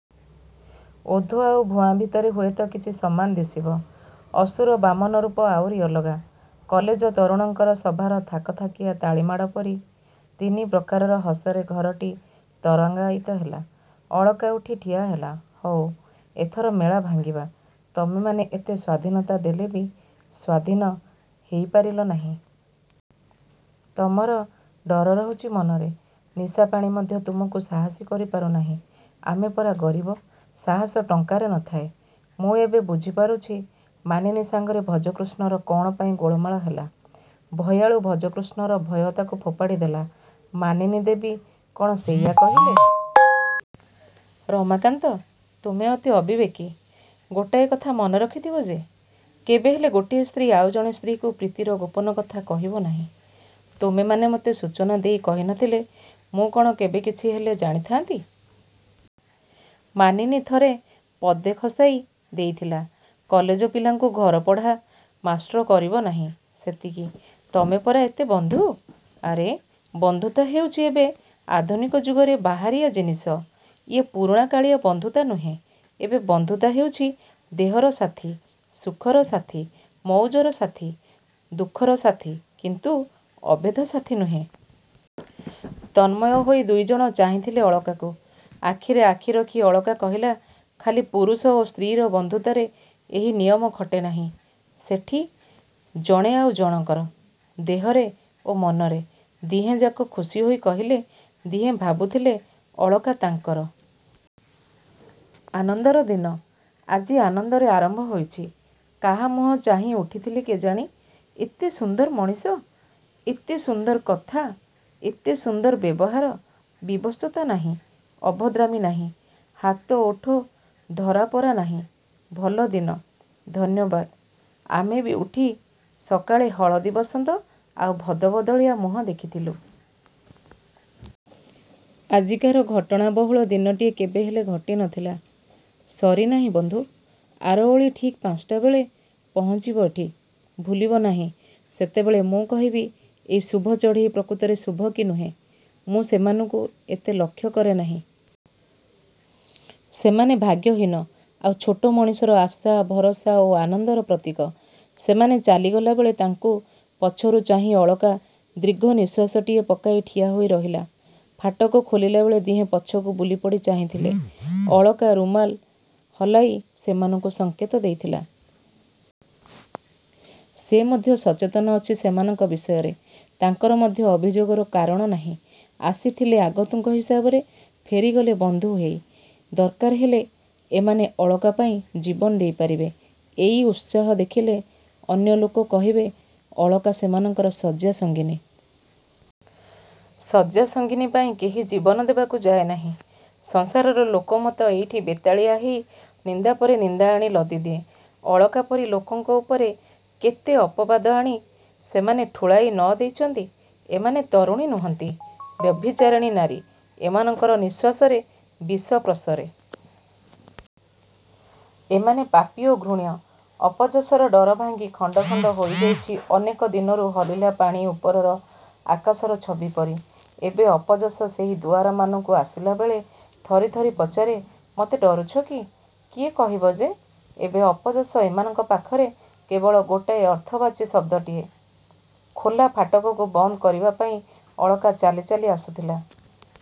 ଓଧ ଆଉ ଭୁଆଁ ଭିତରେ ହୁଏ ତ କିଛି ସମାନ ଦିଶିବ। ଅସୁର-ବାମନ ରୂପ ଆଉରି ଅଲଗା। କଲେଜ ତରୁଣଙ୍କର ସଭାର ଥାକଥାକିଆ ତାଳିମାଡ଼ପରି ତିନି ପ୍ରକାରର ହସରେ ଘରଟି ତରଙ୍ଗାୟିତ ହେଲା। ଅଳକା ଉଠି ଠିଆ ହେଲା-ହଉ, ଏଥର ମେଳା ଭାଙ୍ଗିବା। ତମେମାନେ ଏତେ ସ୍ୱାଧୀନତା ଦେଲେ ବି ସ୍ୱାଧୀନ ହେଇ ପାରିଲ ନାହିଁ। ତମର ଡର ରହୁଛି ମନରେ। ନିଶାପାଣି ମଧ୍ୟ ତୁମକୁ ସାହସୀ କରିପାରୁ ନାହିଁ। -ଆମେ ପରା ଗରିବ। -ସାହସ ଟଙ୍କାରେ ନ ଥାଏ। ମୁଁ ଏବେ ବୁଝିପାରୁଛି ମାନିନୀ ସାଙ୍ଗରେ ଭଜକୃଷ୍ଣର କ'ଣ ପାଇଁ ଗୋଳମାଳ ହେଲା-ଭୟାଳୁ ଭଜକୃଷ୍ଣର ଭୟ ତା'କୁ ଫୋପାଡ଼ି ଦେଲା। -ମାନିନୀ ଦେବୀ କ'ଣ ସେଇଆ କହିଲେ? -ରମାକାନ୍ତ, ତୁମେ ଅତି ଅବିବେକୀ। ଗୋଟାଏ କଥା ମନେ ରଖିଥିବ ଯେ, କେବେହେଲେ ଗୋଟିଏ ସ୍ତ୍ରୀ ଆଉ ଜଣେ ସ୍ତ୍ରୀକୁ ପ୍ରୀତିର ଗୋପନ କଥା କହିବ ନାହିଁ। ତୁମେମାନେ ମତେ ସୂଚନା ଦେଇ କହି ନ ଥିଲେ ମୁଁ କ'ଣ କେବେ କିଛି ହେଲେ ଜାଣିଥାନ୍ତି? ମାନିନୀ ଥରେ ପଦେ ଖସାଇ ଦେଇଥିଲା-କଲେଜ ପିଲାଙ୍କୁ ଘରପଢ଼ା ମାଷ୍ଟ୍ର କରିବ ନାହିଁ-ସେତିକି। -ତମେ ପରା ଏଡ଼େ ବନ୍ଧୁ? -ଆରେ, ବନ୍ଧୁତା ହେଉଛି ଏବେ ଆଧୁନିକ ଯୁଗରେ ବାହାରିଆ ଜିନିଷ। ଇଏ ପୁରୁଣାକାଳିଆ ବନ୍ଧୁତା ନୁହେଁ। ଏବେ ବନ୍ଧୁତା ହେଉଛି ଦେହର ସାଥି, ସୁଖର ସାଥି, ମଉଜର ସାଥି, ଦୁଃଖର ସାଥି-କିନ୍ତୁ ଅଭେଦ ସାଥି ନୁହେଁ। ତନ୍ମୟ ହୋଇ ଦୁଇଜଣ ଚାହିଁଥିଲେ ଅଳକାକୁ। ଆଖିରେ ଆଖି ରଖି ଅଳକା କହିଲା-ଖାଲି ପୁରୁଷ ଓ ସ୍ତ୍ରୀ'ର ବନ୍ଧୁତାରେ ଏହି ନିୟମ ଖଟେ ନାହିଁ। ସେଠି- -ଜଣେ ଆଉ ଜଣକର। ଦେହରେ ଓ ମନରେ। ଦିହେଁ ଯାକ ଖୁସି ହେଇ କହିଲେ। ଦିହେଁ ଭାବୁଥିଲେ-ଅଳକା ତାଙ୍କର। ଆନନ୍ଦର ଦିନ। ଆଜି ଆନନ୍ଦରେ ଆରମ୍ଭ ହୋଇଛି। କାହା ମୁହଁ ଚାହିଁ ଉଠିଥିଲି କେଜାଣି? -ଏତେ ସୁନ୍ଦର ମଣିଷ,-ଏତେ-ସୁନ୍ଦର କଥା-ଏତେ ସୁନ୍ଦର ବ୍ୟବହାର-ବିଭତ୍ସତା ନାହିଁ, ଅଭଦ୍ରାମି ନାହିଁ। ହାତ ଓଠ ଧରାପରା ନାହିଁ-ଭଲ ଦିନ-ଧନ୍ୟବାଦ। -ଆମେ ବି ଉଠି ସକାଳେ ହଳଦୀବସନ୍ତ ଆଉ ଭଦଭଦଳିଆ ମୁହଁ ଦେଖିଥିଲୁ। ଆଜିକାର ଘଟଣାବହୁଳ ଦିନଟିଏ କେବେହେଲେ ଘଟି ନ ଥିଲା। -ସରି ନାହିଁ ବନ୍ଧୁ। ଆର ଓଳି ଠିକ୍ ପାଞ୍ଚଟା ବେଳେ ପହଞ୍ଚିବ ଏଠି। ଭୁଲିବ ନାହିଁ ସେତେବେଳେ ମୁଁ କହିବି ଏଇ ଶୁଭ ଚଢ଼େଇ ପ୍ରକୃତରେ ଶୁଭ କି ନୁହେଁ। ମୁଁ ସେମାନଙ୍କୁ ଏତେ ଲକ୍ଷ୍ୟ କରେ ନାହିଁ। -ସେମାନେ ଭାଗ୍ୟହୀନ ଆଉ ଛୋଟ ମଣିଷର ଆଶା, ଭରସା ଓ ଆନନ୍ଦର ପ୍ରତୀକ। ସେମାନେ ଚାଲିଗଲା ବେଳେ ତାଙ୍କୁ ପଛରୁ ଚାହିଁ ଅଳକା ଦୀର୍ଘନିଶ୍ୱାସଟିଏ ପକାଇ ଠିଆ ହେଇ ରହିଲା। ଫାଟକ ଖୋଲିଲା ବେଳେ ଦିହେଁ ପଛକୁ ବୁଲିପଡ଼ି ଚାହିଁଥିଲେ-ଅଳକା ରୁମାଲ ହଲାଇ ସେମାନଙ୍କୁ ସଙ୍କେତ ଦେଇଥିଲା। ସେ ମଧ୍ୟ ସଚେତନ ଅଛି ସେମାନଙ୍କ ବିଷୟରେ। ତାଙ୍କର ମଧ୍ୟ ଅଭିଯୋଗର କାରଣ ନାହିଁ। ଆସିଥିଲେ ଆଗନ୍ତୁକ ହିସାବରେ-ଫେରିଗଲେ ବଂଧୁ ହେଇ। ଦରକାର ହେଲେ ଏମାନେ ଅଳକା ପାଇଁ ଜୀବନ ଦେଇ ପାରିବେ। ଏଇ ଉତ୍ସାହ ଦେଖିଲେ ଅନ୍ୟ ଲୋକ କହିବେ ଅଳକା ସେମାନଙ୍କର ଶଯ୍ୟାସଙ୍ଗିନୀ। ଶଯ୍ୟାସଙ୍ଗିନୀ ପାଇଁ କେହି ଜୀବନ ଦେବାକୁ ଯାଏ ନାହିଁ। ସଂସାରର ଲୋକମତ ଏଇଠି ବେତାଳିଆ ହେଇ ନିନ୍ଦା ପରେ ନିନ୍ଦା ଆଣି ଲଦିଦିଏ। ଅଳକା ପରି ଲୋକଙ୍କ ଉପରେ କେତେ ଅପବାଦ ଆଣି ସେମାନେ ଠୁଳାଇ ନ ଦେଇଛନ୍ତି-ଏମାନେ ତରୁଣୀ ନୁହନ୍ତି। ବ୍ୟଭିଚାରିଣୀ ନାରୀ। ଏମାନଙ୍କର ନିଶ୍ୱାସରେ ବିଷ ପ୍ରସରେ। ଏମାନେ ପାପୀ ଓ ଘୃଣ୍ୟ। ଅପଯଶର ଡର ଭାଙ୍ଗି ଖଣ୍ଡ ଖଣ୍ଡ ହୋଇଯାଇଛି ଅନେକ ଦିନରୁ ହଲିଲା ପାଣି ଉପରର ଆକାଶର ଛବି ପରି। ଏବେ ଅପଯଶ ସେହି ଦୁଆରମାନଙ୍କୁ ଆସିଲା ବେଳେ ଥରି ଥରି ପଚାରେ-ମତେ ଡରୁଛ କି? କିଏ କହିବ ଯେ ଏବେ ଅପଯଶ ଏମାନଙ୍କ ପାଖରେ କେବଳ ଗୋଟାଏ ଅର୍ଥବାଚି ଶବ୍ଦଟିଏ। ଖୋଲା ଫାଟକକୁ ବନ୍ଦ କରିବା ପାଇଁ ଅଳକା ଚାଲି ଚାଲି ଆସୁଥିଲା।